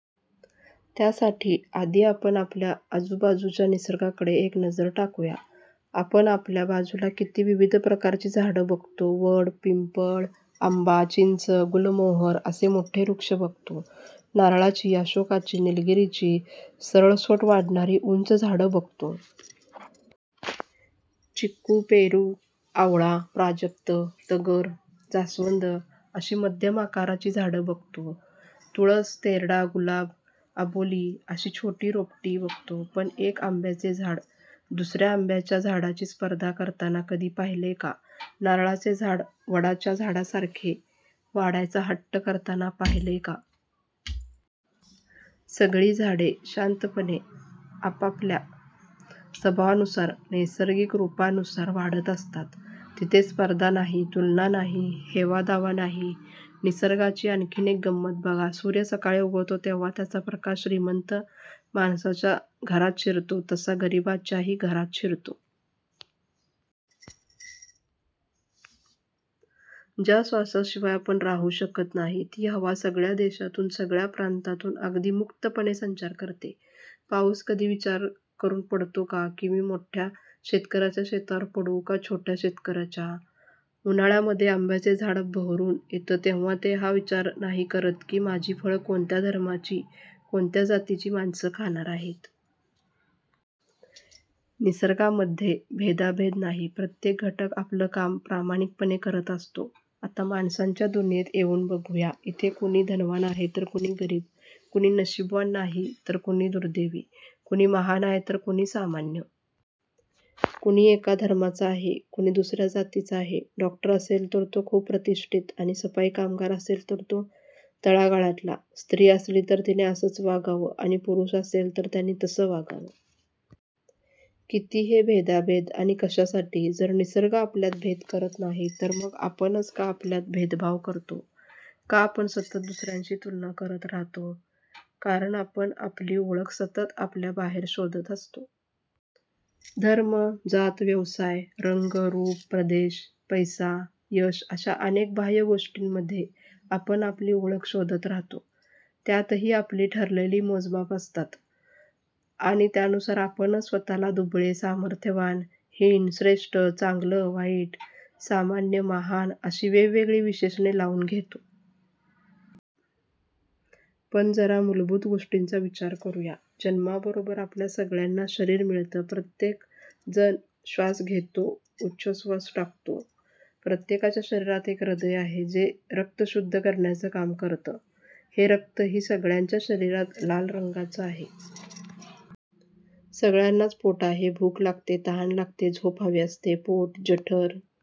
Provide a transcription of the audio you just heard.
त्यासाठी आधी आपण आपल्या आजूबाजूच्या निसर्गाकडे एक नजर टाकूया. आपण आपल्या बाजूला किती विविध प्रकारची झाडं बघतो. वड, पिंपळ, आंबा, चिंच, गुलमोहर असे मोठे वृक्ष बघतो. नारळाची, अशोकाची, निलगिरीची सरळसोट वाढणारी उंच झाडं बघतो. चिकू, पेरू, आवळा, प्राजक्त, तगर, जास्वंद अशी मध्यम आकाराची झाडं बघतो. तुळस, तेरडा, गुलाब, अबोली अशी छोटी रोपटी बघतो. पण एक आंब्याचे झाड दुसऱ्या आंब्याच्या झाडाची स्पर्धा करताना कधी पाहिलंय का? नारळाचे झाड वडाच्या झाडासारखे वाढायचा हट्ट करताना पाहिलंय का? सगळी झाडं शांतपणे आपापल्या स्वभावानुसार नैसर्गिक रूपानुसार वाढत असतात. तिथे स्पर्धा नाही. तुलना नाही. हेवा दावा नाही. निसर्गाची आणखीन एक गंमत बघा. सूर्य सकाळी उगवतो तेव्हा त्याचा प्रकाश श्रीमंत माणसाच्या घरात शिरतो तसा गरिबाच्या ही घरात शिरतो. ज्या श्वासाशिवाय आपण राहू शकत नाही ती हवा सगळ्या देशातून सगळ्या प्रांतातून अगदी मुक्तपणे संचार करते. पाऊस कधी विचार करून पडतो का की मी मोठ्या शेतकऱ्याच्या शेतावर पडू का छोट्या शेतकऱ्याच्या? उन्हाळ्यामध्ये आंब्याचे झाड बहरून येतं तेव्हा ते हा विचार नाही करत की माझी फळं कोणत्या धर्माची कोणत्या जातीची माणसं खाणार आहेत. निसर्गामध्ये भेदाभेद नाही प्रत्येक घटक आपलं काम प्रामाणिकपणे करत असतो. आता माणसांच्या दुनियेत येऊन बघू या. इथे कोणी धनवान आहे तर कोणी गरीब. कोणी नशीबवान नाही तर कोणी दुर्दैवी. कोणी महान आहे तर कोणी सामान्य. कोणी एका धर्माचा आहे कोणी दुसऱ्या जातीचा आहे. डॉक्टर असेल तर तो खुप प्रतिष्ठित आणि सफाई कामगार असेल तर तो तळागाळातला. स्त्री असली तर तिने असंच वागावं आणि पुरुष असेल तर त्यांनी तसं वागावं. किती हे भेदाभेद आणि कशासाठी? जर निसर्ग आपल्यात भेद करत नाही तर मग आपणच का आपल्यात भेदभाव करतो? का आपण सतत दुसऱ्यांशी तुलना करत राहतो? कारण आपण आपली ओळख सतत आपल्या बाहेर शोधत असतो. धर्म, जात, व्यवसाय, रंग, रूप, प्रदेश, पैसा, यश अशा अनेक बाह्य गोष्टींमध्ये आपण आपली ओळख शोधत राहतो. त्याच्यातही आपली ठरलेली मोजमाप असतात. आणि त्यानुसार आपणच स्वतःला दुबळे-सामर्थ्यवान, हीन-श्रेष्ठ, चांगलं-वाईट, सामान्य महान अशी वेगवेगळी विशेषणे लावून घेतो. पण जरा मूलभूत गोष्टींचा विचार करुया. जन्मा बरोबर आपल्या सगळ्यांना शरीर मिळत. प्रत्येक जण श्वास घेतो उच्छवास टाकतो. प्रत्येकाच्या शरीरात एक हृदय आहे जे रक्त शुद्ध करण्याचं काम करतं. हे रक्त ही सगळ्यांच्या शरीरात लाल रंगाच आहे. सगळ्यांनाच पोट आहे. भूक लागते. तहान लागते. झोप हवी असते. पोट, जठर,